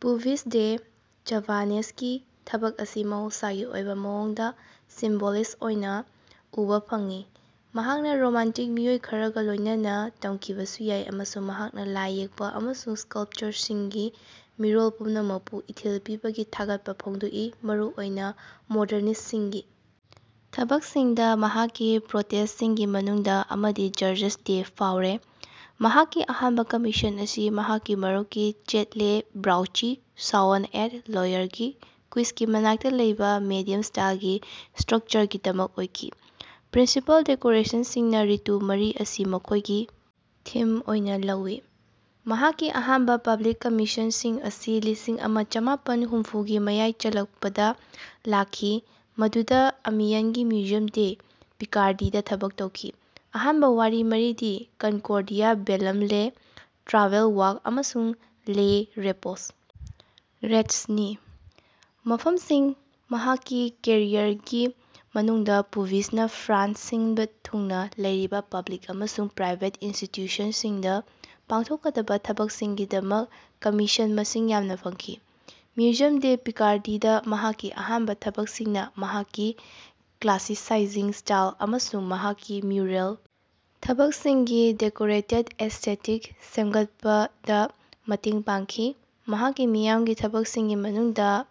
ꯄꯨꯚꯤꯁ ꯗꯦ ꯆꯥꯚꯥꯅꯦꯁꯀꯤ ꯊꯕꯛ ꯑꯁꯤ ꯃꯍꯧꯁꯥꯒꯤ ꯑꯣꯏꯕ ꯃꯑꯣꯡꯗ ꯁꯤꯝꯕꯣꯂꯤꯁ꯭ꯠ ꯑꯣꯏꯅ ꯎꯕꯥ ꯐꯪꯏ ꯃꯍꯥꯛꯅꯥ ꯔꯣꯃꯥꯟꯇꯤꯛ ꯃꯤꯑꯣꯏ ꯈꯔꯒꯥ ꯂꯣꯏꯅꯅꯥ ꯇꯝꯈꯤꯕꯁꯨ ꯌꯥꯏ ꯑꯃꯁꯨꯡ ꯃꯍꯥꯛꯅꯥ ꯂꯥꯏꯌꯦꯛꯄ ꯑꯃꯁꯨꯡ ꯁ꯭ꯀꯜꯄꯆꯥꯔꯁꯤꯡꯒꯤ ꯃꯤꯔꯣꯜ ꯄꯨꯝꯅꯃꯛꯄꯨ ꯏꯊꯤꯜ ꯄꯤꯕꯒꯤ ꯊꯥꯒꯠꯄꯥ ꯐꯣꯡꯗꯣꯛꯏ ꯃꯔꯨ ꯑꯣꯏꯅꯥ ꯃꯣꯗꯔꯅꯤꯁ꯭ꯠꯁꯤꯡꯒꯤ ꯊꯕꯛꯁꯤꯡꯗꯥ ꯃꯍꯥꯛꯀꯤ ꯄ꯭ꯔꯣꯇꯦꯖꯁꯤꯡꯒꯤ ꯃꯅꯨꯡꯗ ꯑꯃꯗꯤ ꯖꯔꯖꯁ ꯗꯦ ꯐꯦꯎꯔꯦ꯫ ꯃꯍꯥꯛꯀꯤ ꯑꯍꯥꯟꯕ ꯀꯃꯤꯁꯟ ꯑꯁꯤ ꯃꯍꯥꯛꯀꯤ ꯃꯔꯨꯞꯀꯤ ꯆꯦꯠ ꯂꯦ ꯕ꯭ꯔꯥꯎꯆꯤ ꯁꯥꯑꯣꯟ ꯑꯦꯠ ꯂꯣꯌꯔꯒꯤ ꯀ꯭ꯌꯨꯏꯖꯒꯤ ꯃꯅꯥꯛꯇꯥ ꯂꯩꯕꯥ ꯃꯦꯗꯤꯌꯝ ꯁ꯭ꯇꯥꯏꯜꯒꯤ ꯁ꯭ꯇꯔꯛꯆꯔꯒꯤꯗꯃꯛ ꯑꯣꯏꯈꯤ꯫ ꯄ꯭ꯔꯤꯟꯁꯤꯄꯥꯜ ꯗꯦꯀꯣꯔꯦꯁꯟꯁꯤꯡꯅꯥ ꯔꯤꯇꯨ ꯃꯔꯤ ꯑꯁꯤ ꯃꯈꯣꯏꯒꯤ ꯊꯤꯝ ꯑꯣꯏꯅꯥ ꯂꯧꯏ꯫ ꯃꯍꯥꯛꯀꯤ ꯑꯍꯥꯟꯕꯥ ꯄꯕ꯭ꯂꯤꯛ ꯀꯃꯤꯁꯟꯁꯤꯡ ꯑꯁꯤ ꯂꯤꯁꯤꯡ ꯑꯃ ꯆꯃꯥꯄꯟ ꯍꯨꯝꯐꯨꯒꯤ ꯃꯌꯥꯏ ꯆꯜꯂꯛꯄꯗꯥ ꯂꯥꯛꯈꯤ ꯃꯗꯨꯗꯥ ꯑꯃꯤꯌꯟꯒꯤ ꯃ꯭ꯌꯨꯖꯤꯌꯝ ꯗꯦ ꯄꯤꯀꯥꯔꯗꯤꯗꯥ ꯊꯕꯛ ꯇꯧꯈꯤ꯫ ꯑꯍꯥꯟꯕ ꯋꯥꯔꯤ ꯃꯔꯤꯗꯤ ꯀꯅꯀꯣꯔꯗꯤꯌꯥ ꯕꯦꯜꯂꯝ ꯂꯦ ꯇ꯭ꯔꯥꯚꯦꯜ ꯋꯥꯔꯛ ꯑꯃꯁꯨꯡ ꯂꯦ ꯔꯦꯄꯣꯁ ꯔꯦꯁ꯭ꯠ ꯅꯤ꯫ ꯃꯐꯝꯁꯤꯡ ꯃꯍꯥꯛꯀꯤ ꯀꯦꯔꯤꯌꯔꯒꯤ ꯃꯅꯨꯡꯗ ꯄꯨꯚꯤꯁꯅꯥ ꯐ꯭ꯔꯥꯟꯁ ꯁꯤꯟꯕ ꯊꯨꯡꯅꯥ ꯂꯩꯔꯤꯕ ꯄꯕ꯭ꯂꯤꯛ ꯑꯃꯁꯨꯡ ꯄ꯭ꯔꯥꯏꯕꯦꯠ ꯏꯟꯁꯇꯤꯇ꯭ꯌꯨꯁꯟꯁꯤꯡꯗꯥ ꯄꯥꯡꯊꯣꯛꯀꯗꯕꯥ ꯊꯥꯕꯛꯁꯤꯡꯒꯤꯗꯃꯛ ꯀꯝꯃꯤꯁꯟ ꯃꯁꯤꯡ ꯌꯥꯝꯅꯥ ꯐꯪꯈꯤ꯫ ꯃ꯭ꯌꯨꯖꯤꯌꯝ ꯗꯦ ꯄꯤꯀꯥꯔꯗꯤꯗꯥ ꯃꯍꯥꯛꯀꯤ ꯑꯍꯥꯟꯕ ꯊꯕꯛꯁꯤꯡꯅꯥ ꯃꯍꯥꯛꯀꯤ ꯀ꯭ꯂꯥꯁꯤꯁꯥꯏꯖꯤꯡ ꯁ꯭ꯇꯥꯏꯜ ꯑꯃꯁꯨꯡ ꯃꯍꯥꯛꯀꯤ ꯃ꯭ꯌꯨꯔꯦꯜ ꯊꯕꯛꯁꯤꯡꯒꯤ ꯗꯦꯀꯣꯔꯦꯇꯦꯗ ꯑꯦꯁ꯭ꯇꯦꯇꯤꯛ ꯁꯦꯝꯒꯠꯄꯗꯥ ꯃꯇꯦꯡ ꯄꯥꯡꯈꯤ꯫ ꯃꯍꯥꯛꯀꯤ ꯃꯤꯌꯥꯝꯒꯤ ꯊꯕꯛꯁꯤꯡꯒꯤ ꯃꯅꯨꯡꯗ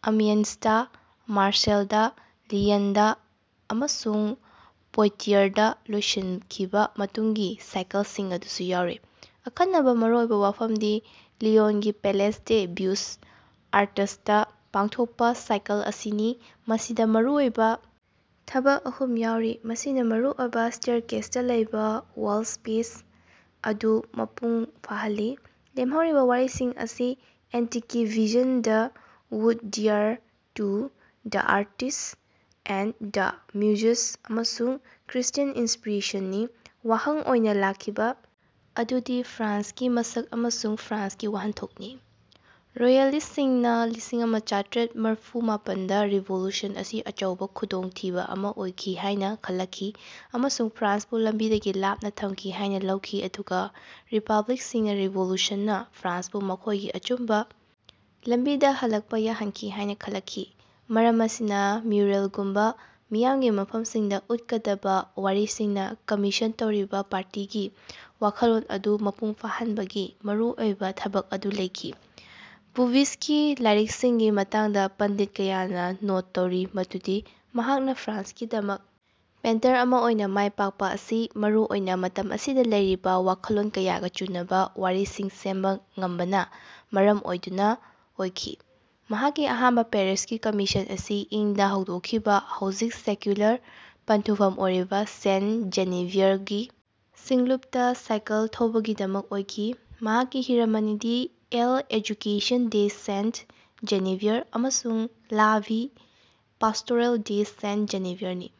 ꯑꯃꯤꯌꯟꯁꯇꯥ ꯃꯥꯔꯁꯦꯜꯗꯥ ꯂꯤꯌꯟꯗꯥ ꯑꯃꯁꯨꯡ ꯄꯣꯏꯇꯤꯌꯔꯗꯥ ꯂꯣꯏꯁꯤꯟꯈꯤꯕ ꯃꯇꯨꯡꯒꯤ ꯁꯥꯏꯀꯜꯁꯤꯡ ꯑꯗꯨꯁꯨ ꯌꯥꯎꯔꯤ꯫ ꯑꯈꯟꯅꯕ ꯃꯔꯨꯑꯣꯏꯕ ꯋꯥꯐꯝꯗꯤ ꯂꯤꯌꯣꯟꯒꯤ ꯄꯦꯂꯦꯁ ꯗꯦ ꯕꯤꯎꯁ ꯑꯥꯔꯇꯁꯇꯥ ꯄꯥꯡꯊꯣꯛꯄꯥ ꯁꯥꯏꯀꯜ ꯑꯁꯤꯅꯤ ꯃꯁꯤꯗꯥ ꯃꯔꯨꯑꯣꯏꯕ ꯊꯕꯛ ꯑꯍꯨꯝ ꯌꯥꯎꯔꯤ ꯃꯁꯤꯅꯥ ꯃꯔꯨꯑꯣꯏꯕ ꯁ꯭ꯇꯦꯔꯀꯦꯁꯇꯥ ꯂꯩꯕꯥ ꯋꯥꯜ ꯁ꯭ꯄꯦꯁ ꯑꯗꯨ ꯃꯄꯨꯡ ꯐꯥꯍꯜꯂꯤ꯫ ꯂꯦꯝꯍꯧꯔꯤꯕ ꯋꯥꯔꯤꯁꯤꯡ ꯑꯁꯤ ꯑꯦꯟꯇꯤꯛꯀꯤ vision the wood dear to the arts and the muses ꯑꯃꯁꯨꯡ ꯈ꯭ꯔ꯭ꯏꯁ꯭ꯠꯌꯥꯟ ꯏꯟꯁꯄꯤꯔꯦꯁꯟ ꯅꯤ꯫ ꯋꯥꯍꯪ ꯑꯣꯏꯅꯥ ꯂꯥꯛꯈꯤꯕ ꯑꯗꯨꯗꯤ ꯐ꯭ꯔꯥꯟꯁꯀꯤ ꯃꯁꯛ ꯑꯃꯁꯨꯡ ꯐ꯭ꯔꯥꯟꯁꯀꯤ ꯋꯥꯍꯟꯊꯣꯛꯅꯤ꯫ ꯔꯣꯌꯦꯂꯤꯁ꯭ꯠꯁꯤꯡꯅꯥ ꯂꯤꯁꯤꯡ ꯑꯃ ꯆꯥꯇ꯭ꯔꯦꯠ ꯃꯔꯐꯨ ꯃꯥꯄꯟꯗ ꯔꯤꯚꯣꯂꯨꯁꯟ ꯑꯁꯤ ꯑꯆꯧꯕ ꯈꯨꯗꯣꯡꯊꯤꯕ ꯑꯃꯥ ꯑꯣꯏꯈꯤ ꯍꯥꯏꯅꯥ ꯈꯜꯂꯛꯈꯤ ꯑꯃꯁꯨꯡ ꯐ꯭ꯔꯥꯟꯁꯄꯨ ꯂꯝꯕꯤꯗꯒꯤ ꯂꯥꯞꯅꯥ ꯊꯝꯈꯤ ꯍꯥꯏꯅꯥ ꯂꯧꯈꯤ ꯑꯗꯨꯒꯥ ꯔꯤꯄꯕ꯭ꯂꯤꯛꯁꯤꯡꯅꯥ ꯔꯤꯚꯣꯂꯨꯁꯟꯅꯥ ꯐ꯭ꯔꯥꯟꯁꯄꯨ ꯃꯈꯣꯏꯒꯤ ꯑꯆꯨꯝꯕ ꯂꯝꯕꯤꯗꯥ ꯍꯜꯂꯛꯄꯥ ꯌꯥꯍꯟꯈꯤ ꯍꯥꯏꯅꯥ ꯈꯜꯂꯛꯈꯤ꯫ ꯃꯔꯝ ꯑꯁꯤꯅꯥ ꯃ꯭ꯌꯨꯔꯦꯜꯒꯨꯝꯕ ꯃꯤꯌꯥꯝꯒꯤ ꯃꯐꯝꯁꯤꯡꯗꯥ ꯎꯠꯀꯗꯕꯥ ꯋꯥꯔꯤꯁꯤꯡꯅꯥ ꯀꯝꯃꯤꯁꯟ ꯇꯧꯔꯤꯕꯥ ꯄꯥꯔꯇꯤꯒꯤ ꯋꯥꯈꯜꯂꯣꯟ ꯑꯗꯨ ꯃꯄꯨꯡ ꯐꯥꯍꯟꯕꯒꯤ ꯃꯔꯨꯑꯣꯏꯕ ꯊꯕꯛ ꯑꯗꯨ ꯂꯩꯈꯤ꯫ ꯄꯨꯚꯤꯁꯀꯤ ꯂꯥꯏꯔꯤꯛꯁꯤꯡꯒꯤ ꯃꯇꯥꯡꯗ ꯄꯟꯗꯤꯠ ꯀꯌꯥꯅꯥ ꯅꯣꯠ ꯇꯧꯔꯤ ꯃꯗꯨꯗꯤ ꯃꯍꯥꯛꯅꯥ ꯐ꯭ꯔꯥꯟꯁꯀꯤꯗꯃꯛ ꯄꯦꯟꯇꯔ ꯑꯃꯥ ꯑꯣꯏꯅꯥ ꯃꯥꯏꯄꯥꯛꯄꯥ ꯑꯁꯤ ꯃꯔꯨ ꯑꯣꯏꯅꯥ ꯃꯇꯝ ꯑꯁꯤꯗꯥ ꯂꯩꯔꯤꯕꯥ ꯋꯥꯈꯜꯂꯣꯟ ꯀꯌꯥꯒꯥ ꯆꯨꯅꯕ ꯋꯥꯔꯤꯁꯤꯡ ꯁꯦꯝꯕ ꯉꯝꯕꯅꯥ ꯃꯔꯝ ꯑꯣꯏꯗꯨꯅꯥ ꯑꯣꯏꯈꯤ꯫ ꯃꯍꯥꯛꯀꯤ ꯑꯍꯥꯟꯕ ꯄꯦꯔꯤꯁꯀꯤ ꯀꯃꯤꯁꯟ ꯑꯁꯤ ꯏꯪ ꯗꯥ ꯍꯧꯗꯣꯛꯈꯤꯕ ꯍꯧꯖꯤꯛ ꯁꯦꯀ꯭ꯌꯨꯂꯔ ꯄꯟꯊꯨꯡꯐꯝ ꯑꯣꯏꯔꯤꯕ ꯁꯦꯟꯠ ꯖꯦꯅꯦꯚꯤꯌꯔꯒꯤ ꯁꯤꯡꯂꯨꯄꯇꯥ ꯁꯥꯏꯀꯜ ꯊꯧꯕꯒꯤꯗꯃꯛ ꯑꯣꯏꯈꯤ꯫ ꯃꯍꯥꯛꯀꯤ ꯍꯤꯔꯝ ꯑꯅꯤꯗꯤ ꯑꯦꯜ ꯑꯦꯖꯨꯀꯦꯁꯟ ꯗꯦ ꯁꯦꯟꯠ ꯖꯦꯅꯦꯚꯤꯌꯔ ꯑꯃꯁꯨꯡ ꯂꯥ ꯚꯤ ꯄꯥꯁ꯭ꯇꯣꯔꯦꯜ ꯗꯦ ꯁꯦꯟꯇ ꯖꯦꯅꯦꯚꯤꯌꯔꯅꯤ꯫